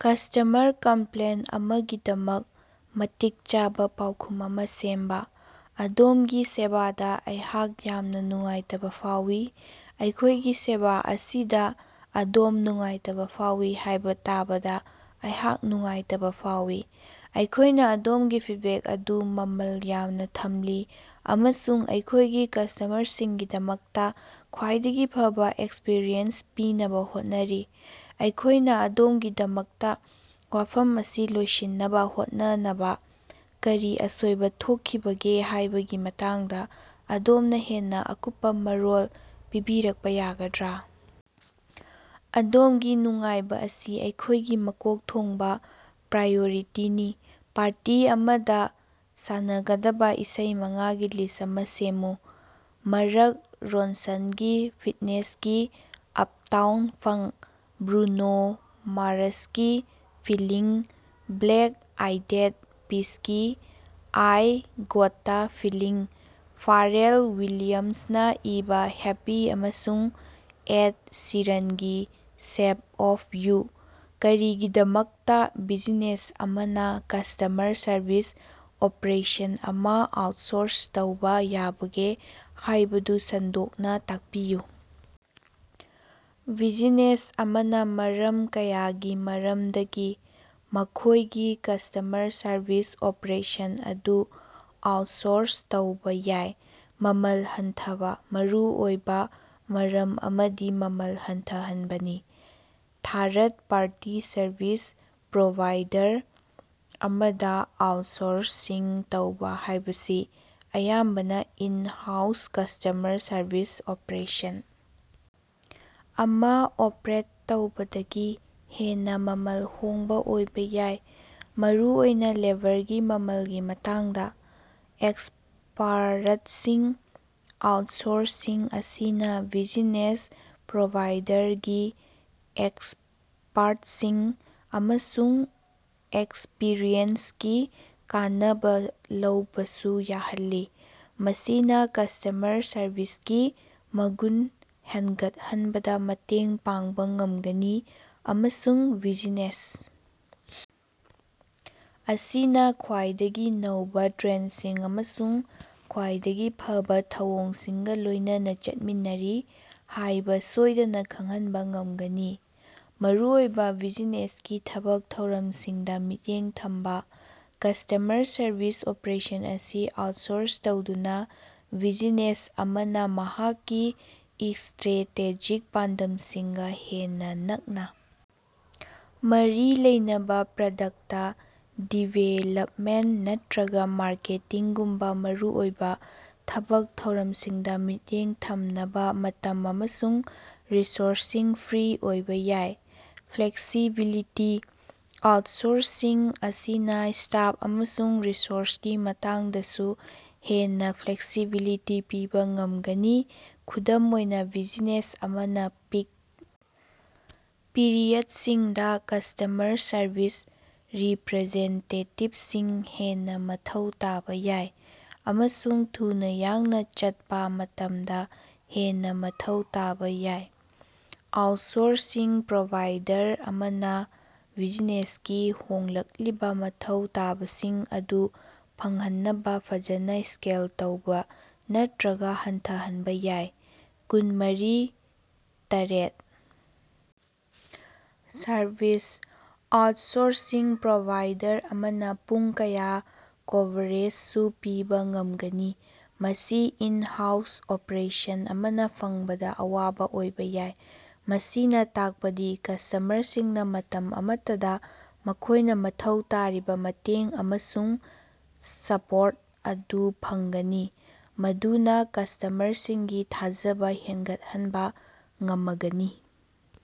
Customer complaint ꯑꯃꯒꯤꯗꯃꯛ ꯃꯇꯤꯛ ꯆꯥꯕ ꯄꯥꯎꯈꯨꯝ ꯑꯃ ꯁꯦꯝꯕ꯫ ꯑꯗꯣꯝꯒꯤ ꯁꯦꯕꯥꯗ ꯑꯩꯍꯥꯛ ꯌꯥꯝꯅ ꯅꯨꯡꯉꯥꯏꯇꯕ ꯐꯥꯎꯏ꯫ ꯑꯩꯈꯣꯏꯒꯤ ꯁꯦꯕꯥ ꯑꯁꯤꯗ ꯑꯗꯣꯝ ꯅꯨꯡꯉꯥꯏꯇꯕ ꯐꯥꯎꯏ ꯍꯥꯏꯕ ꯇꯥꯕꯗ ꯑꯩꯍꯥꯛ ꯅꯨꯡꯉꯥꯏꯇꯕ ꯐꯥꯎꯏ꯫ ꯑꯩꯈꯣꯏꯅ ꯑꯗꯣꯝꯒꯤ ꯐꯤꯠꯕꯦꯛ ꯑꯗꯨ ꯃꯃꯜ ꯌꯥꯝꯅ ꯊꯝꯂꯤ ꯑꯃꯁꯨꯡ ꯑꯩꯈꯣꯏꯒꯤ ꯀꯁꯇꯃꯔꯁꯤꯡꯒꯤꯗꯃꯛꯇꯥ ꯈ꯭ꯋꯥꯏꯗꯒꯤ ꯐꯕꯥ ꯑꯦꯛꯁꯄꯤꯔꯤꯌꯦꯟꯁ ꯄꯤꯅꯕꯥ ꯍꯣꯠꯅꯔꯤ꯫ ꯑꯩꯈꯣꯏꯅ ꯑꯗꯣꯝꯒꯤꯗꯃꯛꯇ ꯋꯥꯐꯝ ꯑꯁꯤ ꯂꯣꯏꯁꯤꯟꯅꯕ ꯍꯣꯠꯅꯅꯕꯥ ꯀꯔꯤ ꯑꯁꯣꯏꯕ ꯊꯣꯛꯈꯤꯕꯒꯦ ꯍꯥꯏꯕꯒꯤ ꯃꯇꯥꯡꯗ ꯑꯗꯣꯝꯅ ꯍꯦꯟꯅꯥ ꯑꯀꯨꯞꯄꯥ ꯃꯔꯣꯜ ꯄꯤꯕꯤꯔꯛꯄꯥ ꯌꯥꯒꯗ꯭ꯔꯥ? ꯑꯗꯣꯝꯒꯤ ꯅꯨꯡꯉꯥꯏꯕ ꯑꯁꯤ ꯑꯩꯈꯣꯏꯒꯤ ꯃꯀꯣꯛ ꯊꯣꯡꯕ ꯄ꯭ꯔꯥꯏꯌꯣꯔꯤꯇꯤꯅꯤ꯫ ꯄꯥꯔꯇꯤ ꯑꯃꯗ ꯁꯥꯟꯅꯒꯗꯕꯥ ꯏꯁꯩ ꯃꯉꯥꯒꯤ ꯂꯤꯁ ꯑꯃ ꯁꯦꯝꯃꯨ꯫ ꯃꯥꯔꯛ ꯔꯣꯟꯁꯟꯒꯤ ꯐꯤꯠꯅꯦꯁꯀꯤ "ꯑꯞꯇꯥꯎꯟ ꯐꯪꯛ",ꯕ꯭ꯔꯨꯅꯣ ꯃꯥꯔꯁꯀꯤ "ꯐꯤꯂꯤꯡ",ꯕ꯭ꯂꯦꯛ ꯑꯥꯏꯗꯦꯗ ꯄꯤꯁꯀꯤ "ꯑꯥꯏ ꯒꯣꯠꯇꯥ ꯐꯤꯂꯤꯡ",ꯐꯥꯔꯦꯜ ꯋꯤꯂꯤꯌꯝꯁꯅꯥ ꯏꯕꯥ "ꯍꯦꯄꯤ"ꯑꯃꯁꯨꯡ ꯑꯦꯗ ꯁꯤꯔꯟꯒꯤ "ꯁꯦꯞ ꯑꯣꯐ ꯌꯨ"꯫ ꯀꯔꯤꯒꯤꯗꯃꯛꯇꯥ ꯕꯤꯖꯤꯅꯦꯁ ꯑꯃꯅ ꯀꯁꯇꯃꯔ ꯁꯔꯚꯤꯁ ꯑꯣꯄ꯭ꯔꯦꯁꯟ ꯑꯃ ꯑꯥꯎꯠꯁꯣꯔꯁ ꯇꯧꯕ ꯌꯥꯕꯒꯦ ꯍꯥꯏꯕꯗꯨ ꯁꯟꯗꯣꯛꯅ ꯇꯥꯛꯄꯤꯌꯨ? ꯕꯤꯖꯤꯅꯦꯁ ꯑꯃꯅ ꯃꯔꯝ ꯀꯌꯥꯒꯤ ꯃꯔꯝꯗꯒꯤ ꯃꯈꯣꯏꯒꯤ ꯀꯁꯇꯃꯔ ꯁꯔꯚꯤꯁ ꯑꯣꯄ꯭ꯔꯦꯁꯟ ꯑꯗꯨ ꯑꯥꯎꯠꯁꯣꯔꯁ ꯇꯧꯕ ꯌꯥꯏ꯫ ꯃꯃꯜ ꯍꯟꯊꯕꯥ: ꯃꯔꯨꯑꯣꯏꯕ ꯃꯔꯝ ꯑꯃꯗꯤ ꯃꯃꯜ ꯍꯟꯊꯍꯟꯕꯅꯤ꯫ ꯊꯥꯔꯠ ꯄꯥꯔꯇꯤ ꯁꯔꯚꯤꯁ ꯄ꯭ꯔꯣꯚꯥꯏꯗꯔ ꯑꯃꯗ ꯑꯥꯎꯠꯁꯣꯔꯁꯁꯤꯡ ꯇꯧꯕ ꯍꯥꯏꯕꯁꯤ ꯑꯌꯥꯝꯕꯅ ꯏꯟ-ꯍꯥꯎꯁ ꯀꯁꯇꯃꯔ ꯁꯔꯚꯤꯁ ꯑꯣꯄ꯭ꯔꯦꯁꯟ ꯑꯃ ꯑꯣꯄ꯭ꯔꯦꯠ ꯇꯧꯕꯗꯒꯤ ꯍꯦꯟꯅꯥ ꯃꯃꯜ ꯍꯣꯡꯕ ꯑꯣꯏꯕ ꯌꯥꯏ, ꯃꯔꯨꯑꯣꯏꯅꯥ ꯂꯦꯕꯔꯒꯤ ꯃꯃꯜꯒꯤ ꯃꯇꯥꯡꯗ꯫ ꯑꯦꯛꯁꯄꯔꯠꯁꯤꯡ: ꯑꯥꯎꯠꯁꯣꯔꯁꯤꯡ ꯑꯁꯤꯅ ꯕꯤꯖꯤꯅꯦꯁ ꯄ꯭ꯔꯣꯚꯥꯏꯗꯔꯒꯤ ꯑꯦꯛꯁꯄ꯭ꯔꯠꯁꯤꯡ ꯑꯃꯁꯨꯡ ꯑꯦꯛꯁꯄꯤꯔꯤꯌꯦꯟꯁꯀꯤ ꯀꯥꯟꯅꯕ ꯂꯧꯕꯁꯨ ꯌꯥꯍꯜꯂꯤ꯫ ꯃꯁꯤꯅ ꯀꯁꯇꯃꯔ ꯁꯔꯕꯤꯁꯀꯤ ꯃꯒꯨꯟ ꯍꯦꯟꯒꯠꯍꯟꯕꯗꯥ ꯃꯇꯦꯡ ꯄꯥꯡꯕ ꯉꯝꯒꯅꯤ ꯑꯃꯁꯨꯡ ꯕꯤꯖꯤꯅꯦꯁ ꯑꯁꯤꯅ ꯈ꯭ꯋꯥꯏꯗꯒꯤ ꯅꯧꯕ ꯇ꯭ꯔꯦꯟꯁꯤꯡ ꯑꯃꯁꯨꯡ ꯈ꯭ꯋꯥꯏꯗꯒꯤ ꯐꯕꯥ ꯊꯧꯑꯣꯡꯁꯤꯡꯒ ꯂꯣꯏꯅꯅꯥ ꯆꯠꯃꯤꯟꯅꯔꯤ ꯍꯥꯏꯕ ꯁꯣꯏꯗꯅꯥ ꯈꯪꯍꯟꯕ ꯉꯝꯒꯅꯤ꯫ ꯃꯔꯨꯑꯣꯏꯕ ꯕꯤꯖꯤꯅꯦꯁꯀꯤ ꯊꯕꯛ ꯊꯧꯔꯝꯁꯤꯡꯗ ꯃꯤꯠꯌꯦꯡ ꯊꯝꯕꯥ: ꯀꯁꯇꯃꯔ ꯁꯔꯕꯤꯁ ꯑꯣꯄ꯭ꯔꯦꯁꯟ ꯑꯁꯤ ꯑꯥꯎꯠꯁꯣꯔꯁ ꯇꯧꯗꯨꯅ, ꯕꯤꯖꯤꯅꯦꯁ ꯑꯃꯅ ꯃꯍꯥꯛꯀꯤ ꯏꯁꯇ꯭ꯔꯦꯇꯦꯖꯤꯛ ꯄꯥꯟꯗꯝꯁꯤꯡꯒꯥ ꯍꯦꯟꯅꯥ ꯅꯛꯅꯥ ꯃꯔꯤ ꯂꯩꯅꯕ ꯄ꯭ꯔꯗꯛꯇ ꯗꯤꯕꯦꯂꯞꯃꯦꯟ ꯅꯠꯇ꯭ꯔꯒꯥ ꯃꯥꯔꯀꯦꯇꯤꯡꯒꯨꯝꯕ ꯃꯔꯨꯑꯣꯏꯕ ꯊꯕꯛ ꯊꯧꯔꯝꯁꯤꯡꯗ ꯃꯤꯠꯌꯦꯡ ꯊꯝꯅꯕ ꯃꯇꯝ ꯑꯃꯁꯨꯡ ꯔꯤꯁꯣꯔꯁꯁꯤꯡ ꯐ꯭ꯔꯤ ꯑꯣꯏꯕ ꯌꯥꯏ꯫ ꯐ꯭ꯂꯦꯛꯁꯤꯕꯤꯂꯤꯇꯤ: ꯑꯥꯎꯠꯁꯣꯔꯁꯤꯡ ꯑꯁꯤꯅ ꯁ꯭ꯇꯥꯐ ꯑꯃꯁꯨꯡ ꯔꯤꯁꯣꯔꯁꯀꯤ ꯃꯇꯥꯡꯗꯁꯨ ꯍꯦꯟꯅ ꯐ꯭ꯂꯦꯛꯁꯤꯕꯤꯂꯤꯇꯤ ꯄꯤꯕ ꯉꯝꯒꯅꯤ꯫ ꯈꯨꯗꯝ ꯑꯣꯏꯅ, ꯕꯤꯖꯤꯅꯦꯁ ꯑꯃꯅ ꯄꯤꯛ ꯄꯤꯔꯤꯌꯠꯁꯤꯡꯗ ꯀꯁꯇꯃꯔ ꯁꯔꯕꯤꯁ ꯔꯤꯄꯔꯖꯦꯟꯇꯦꯇꯤꯞꯁꯤꯡ ꯍꯦꯟꯅ ꯃꯊꯧ ꯇꯥꯕ ꯌꯥꯏ ꯑꯃꯁꯨꯡ ꯊꯨꯅꯥ ꯌꯥꯡꯅꯥ ꯆꯠꯄ ꯃꯇꯝꯗ ꯍꯦꯟꯅ ꯃꯊꯧ ꯇꯥꯕ ꯌꯥꯏ꯫ ꯑꯥꯎꯠꯁꯣꯔꯁꯤꯡ ꯄ꯭ꯔꯣꯚꯥꯏꯗꯔ ꯑꯃꯅ ꯕꯤꯖꯤꯅꯦꯁꯀꯤ ꯍꯣꯡꯂꯛꯂꯤꯕ ꯃꯊꯧ ꯇꯥꯕꯁꯤꯡ ꯑꯗꯨ ꯐꯪꯍꯟꯅꯕ ꯐꯖꯅ ꯁ꯭ꯀꯦꯜ ꯇꯧꯕ ꯅꯠꯇ꯭ꯔꯒꯥ ꯍꯟꯊꯍꯟꯕ ꯌꯥꯏ꯫ ꯀꯨꯟꯃꯔꯤ/ꯇꯔꯦꯠ ꯁꯔꯚꯤꯁ: ꯑꯥꯎꯠꯁꯣꯔꯁꯤꯡ ꯄ꯭ꯔꯣꯚꯥꯏꯗꯔ ꯑꯃꯅ ꯄꯨꯡ ꯀꯌꯥ ꯀꯣꯚꯔꯦꯖꯁꯨ ꯄꯤꯕ ꯉꯝꯒꯅꯤ, ꯃꯁꯤ ꯏꯟ-ꯍꯥꯎꯁ ꯑꯣꯄ꯭ꯔꯦꯁꯟ ꯑꯃꯅ ꯐꯪꯕꯗ ꯑꯋꯥꯕ ꯑꯣꯏꯕ ꯌꯥꯏ꯫ ꯃꯁꯤꯅ ꯇꯥꯛꯄꯗꯤ ꯀꯁꯇꯃꯔꯁꯤꯡꯅꯥ ꯃꯇꯝ ꯑꯃꯠꯇꯗꯥ ꯃꯈꯣꯏꯅ ꯃꯊꯧ ꯇꯥꯔꯤꯕ ꯃꯇꯦꯡ ꯑꯃꯁꯨꯡ ꯁꯄꯣꯔꯠ ꯑꯗꯨ ꯐꯪꯒꯅꯤ, ꯃꯗꯨꯅ ꯀꯁꯇꯃꯔꯁꯤꯡꯒꯤ ꯊꯥꯖꯕ ꯍꯦꯟꯒꯠꯍꯟꯕꯥ ꯉꯃꯒꯅꯤ꯫